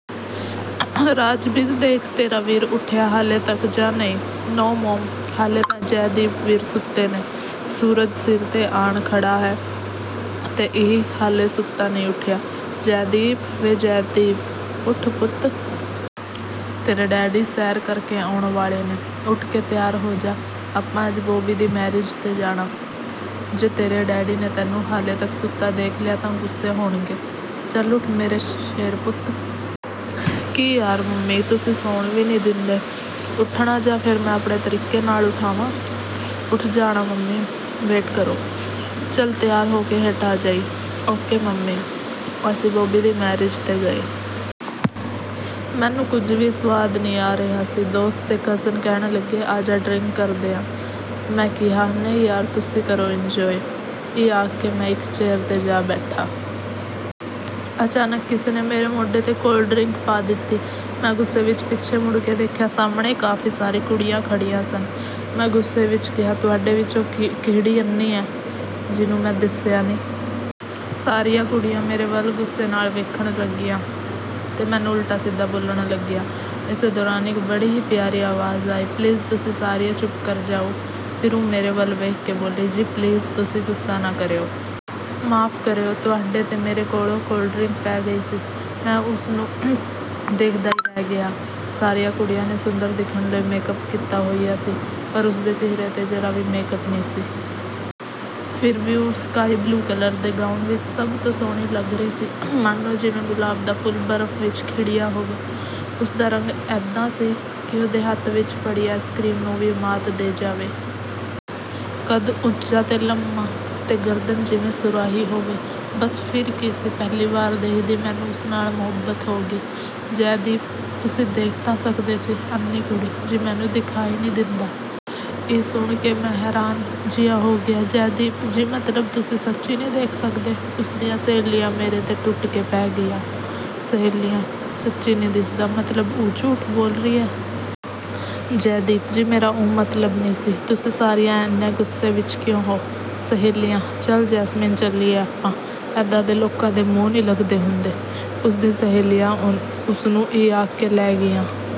ਰਾਜਬੀਰ, ਦੇਖ ਤੇਰਾ ਵੀਰ ਉੱਠਿਆ ਹਾਲੇ ਤੱਕ ਜਾਂ ਨਹੀਂ? ਨੋ ਮੋਮ, ਹਾਲੇ ਤਾਂ ਜੈਦੀਪ ਵੀਰ ਸੁੱਤੇ ਨੇ। ਸੂਰਜ ਸਿਰ 'ਤੇ ਆਣ ਖੜਾ ਤੇ ਇਹ ਹਾਲੇ ਸੁੱਤਾ ਨਹੀਂ ਉੱਠਿਆ। ਜੈਦੀਪ! ਵੇ ਜੈਦੀਪ! ਉੱਠ ਪੁੱਤ। ਤੇਰੇ ਡੈਡੀ ਸੈਰ ਕਰਕੇ ਆਉਣ ਵਾਲੇ ਨੇ। ਉੱਠ ਕੇ ਤਿਆਰ ਹੋ ਜਾ। ਆਪਾਂ ਅੱਜ ਬੌਬੀ ਦੀ ਮੈਰਿਜ 'ਤੇ ਜਾਣਾ। ਜੇ ਤੇਰੇ ਡੈਡੀ ਨੇ ਤੈਨੂੰ ਹਾਲੇ ਤੱਕ ਸੁੱਤਾ ਦੇਖ ਲਿਆ ਤਾਂ ਗੁੱਸੇ ਹੋਣਗੇ। ਚੱਲ ਉੱਠ ਮੇਰਾ ਸ਼ੇਰ ਪੁੱਤ। ਕੀ ਯਾਰ ਮੰਮੀ, ਤੁਸੀਂ ਸੌਣ ਵੀ ਨਹੀਂ ਦਿੰਦੇ? ਉੱਠਣਾ ਜਾਂ ਫੇਰ ਮੈਂ ਆਪਣੇ ਤਰੀਕੇ ਨਾਲ ਉਠਾਵਾਂ? ਉੱਠ ਜਾਣਾ ਮੰਮੀ, ਵੇਟ ਕਰੋ। ਚੱਲ, ਤਿਆਰ ਹੋ ਕੇ ਹੇਠਾਂ ਆ ਜਾਈਂ। Okay mummy. ਅਸੀਂ ਬੌਬੀ ਦੀ ਮੈਰਿਜ 'ਤੇ ਗਏ। ਮੈਨੂੰ ਕੁਝ ਵੀ ਸੁਆਦ ਨਹੀਂ ਆ ਰਿਹਾ ਸੀ। ਦੋਸਤ ਤੇ ਕਜ਼ਨ ਕਹਿਣ ਲੱਗੇ, "ਆਜਾ ਡਰਿੰਕ ਕਰਦੇ ਆਂ।" ਮੈਂ ਕਿਹਾ, "ਨਹੀਂ ਯਾਰ, ਤੁਸੀਂ ਕਰੋ ਇੰਜੌਏ।" ਇਹ ਆਖ ਕੇ ਮੈਂ ਇੱਕ ਚੇਅਰ 'ਤੇ ਜਾ ਬੈਠਾ। ਅਚਾਨਕ ਕਿਸੇ ਨੇ ਮੇਰੇ ਮੋਢੇ 'ਤੇ ਕੋਲਡ ਡਰਿੰਕ ਪਾ ਦਿੱਤੀ। ਮੈਂ ਗੁੱਸੇ ਵਿੱਚ ਪਿੱਛੇ ਮੁੜ ਕੇ ਦੇਖਿਆ। ਸਾਹਮਣੇ ਕਾਫੀ ਸਾਰੀਆਂ ਕੁੜੀਆਂ ਖੜ੍ਹੀਆਂ ਸਨ। ਮੈਂ ਗੁੱਸੇ ਵਿੱਚ ਕਿਹਾ, "ਤੁਹਾਡੇ ਵਿੱਚੋਂ ਕਿਹੜੀ ਅੰਨ੍ਹੀ ਹੈ, ਜਿਹਨੂੰ ਮੈਂ ਦਿਸਿਆ ਨਹੀਂ?" ਸਾਰੀਆਂ ਕੁੜੀਆਂ ਮੇਰੇ ਵੱਲ ਗੁੱਸੇ ਨਾਲ ਦੇਖਣ ਲੱਗੀਆਂ ਤੇ ਮੈਨੂੰ ਉਲਟਾ-ਸਿੱਧਾ ਬੋਲਣ ਲੱਗੀਆਂ। ਇਸੇ ਦੌਰਾਨ ਇੱਕ ਬੜੀ ਹੀ ਪਿਆਰੀ ਆਵਾਜ਼ ਆਈ। "ਪਲੀਜ਼, ਤੁਸੀਂ ਸਾਰੀਆਂ ਚੁੱਪ ਕਰ ਜਾਓ।" ਫਿਰ ਉਹ ਮੇਰੇ ਵੱਲ ਵੇਖ ਕੇ ਬੋਲੀ, "ਜੀ, ਪਲੀਜ਼ ਤੁਸੀਂ ਗੁੱਸਾ ਨਾ ਕਰਿਓ। ਮਾਫ਼ ਕਰਿਓ। ਤੁਹਾਡੇ 'ਤੇ ਮੇਰੇ ਕੋਲੋਂ ਕੋਲਡ ਡਰਿੰਕ ਪੈ ਗਈ ਜੀ।" ਮੈਂ ਉਸਨੂੰ ਦੇਖਦਾ ਹੀ ਰਹਿ ਗਿਆ। ਸਾਰੀਆਂ ਕੁੜੀਆਂ ਨੇ ਸੁੰਦਰ ਦਿਖਣ ਲਈ ਮੇਕਅਪ ਕੀਤਾ ਹੋਇਆ ਸੀ। ਪਰ ਉਸਦੇ ਚਿਹਰੇ 'ਤੇ ਜਰਾ ਵੀ ਮੇਕਅਪ ਨਹੀਂ ਸੀ। ਫਿਰ ਵੀ ਉਹ ਸਕਾਈ ਬਲੂ ਕਲਰ ਦੇ ਗਾਊਨ ਵਿੱਚ ਸਭ ਤੋਂ ਸੋਹਣੀ ਲੱਗ ਰਹੀ ਸੀ। ਮਾਨੋ ਜਿਵੇਂ ਗੁਲਾਬ ਦਾ ਫੁੱਲ ਬਰਫ ਵਿੱਚ ਖਿੜਿਆ ਹੋਵੇ। ਉਸਦਾ ਰੰਗ ਏਦਾਂ ਸੀ ਕਿ ਉਹਦੇ ਹੱਥ ਵਿੱਚ ਫੜੀ ਆਈਸਕਰੀਮ ਨੂੰ ਵੀ ਮਾਤ ਦੇ ਜਾਵੇ। ਕੱਦ ਉੱਚਾ ਤੇ ਲੰਮਾ, ਤੇ ਗਰਦਨ ਜਿਵੇਂ ਸੁਰਾਹੀ ਹੋਵੇ। ਬਸ ਫਿਰ ਕੀ ਸੀ, ਪਹਿਲੀ ਵਾਰ ਦੇਖਦੇ ਹੀ ਮੈਨੂੰ ਉਸ ਨਾਲ ਮੁਹੱਬਤ ਹੋ ਗਈ। ਜੈਦੀਪ: ਤੁਸੀਂ ਦੇਖ ਤਾਂ ਸਕਦੇ ਸੀ। ਅੰਨ੍ਹੀ ਕੁੜੀ: ਜੀ, ਮੈਨੂੰ ਦਿਖਾਈ ਨਹੀਂ ਦਿੰਦਾ। ਇਹ ਸੁਣ ਕੇ ਮੈਂ ਹੈਰਾਨ ਜਿਹਾ ਹੋ ਗਿਆ। ਜੈਦੀਪ: ਜੀ, ਮਤਲਬ ਤੁਸੀਂ ਸੱਚੀ ਨਹੀਂ ਦੇਖ ਸਕਦੇ? ਉਸਦੀਆਂ ਸਹੇਲੀਆਂ ਮੇਰੇ 'ਤੇ ਟੁੱਟ ਕੇ ਪੈ ਗਈਆਂ। ਸਹੇਲੀਆਂ: ਸੱਚੀ ਨਹੀਂ ਦਿਸਦਾ। ਮਤਲਬ ਉਹ ਝੂਠ ਬੋਲ ਰਹੀ ਹੈ? ਜੈਦੀਪ: ਜੀ, ਮੇਰਾ ਉਹ ਮਤਲਬ ਨਹੀਂ ਸੀ। ਤੁਸੀਂ ਸਾਰੀਆਂ ਇੰਨੀਆਂ ਗੁੱਸੇ ਵਿੱਚ ਕਿਉਂ ਹੋ? ਸਹੇਲੀਆਂ: ਚੱਲ ਜੈਸਮੀਨ, ਚਲੀਏ। ਆਪਾਂ ਏਦਾਂ ਦੇ ਲੋਕਾਂ ਦੇ ਮੂੰਹ ਨਹੀਂ ਲੱਗਦੇ ਹੁੰਦੇ। ਉਸਦੀਆਂ ਸਹੇਲੀਆਂ ਉਸਨੂੰ ਇਹ ਆਖ ਕੇ ਲੈ ਗਈਆਂ।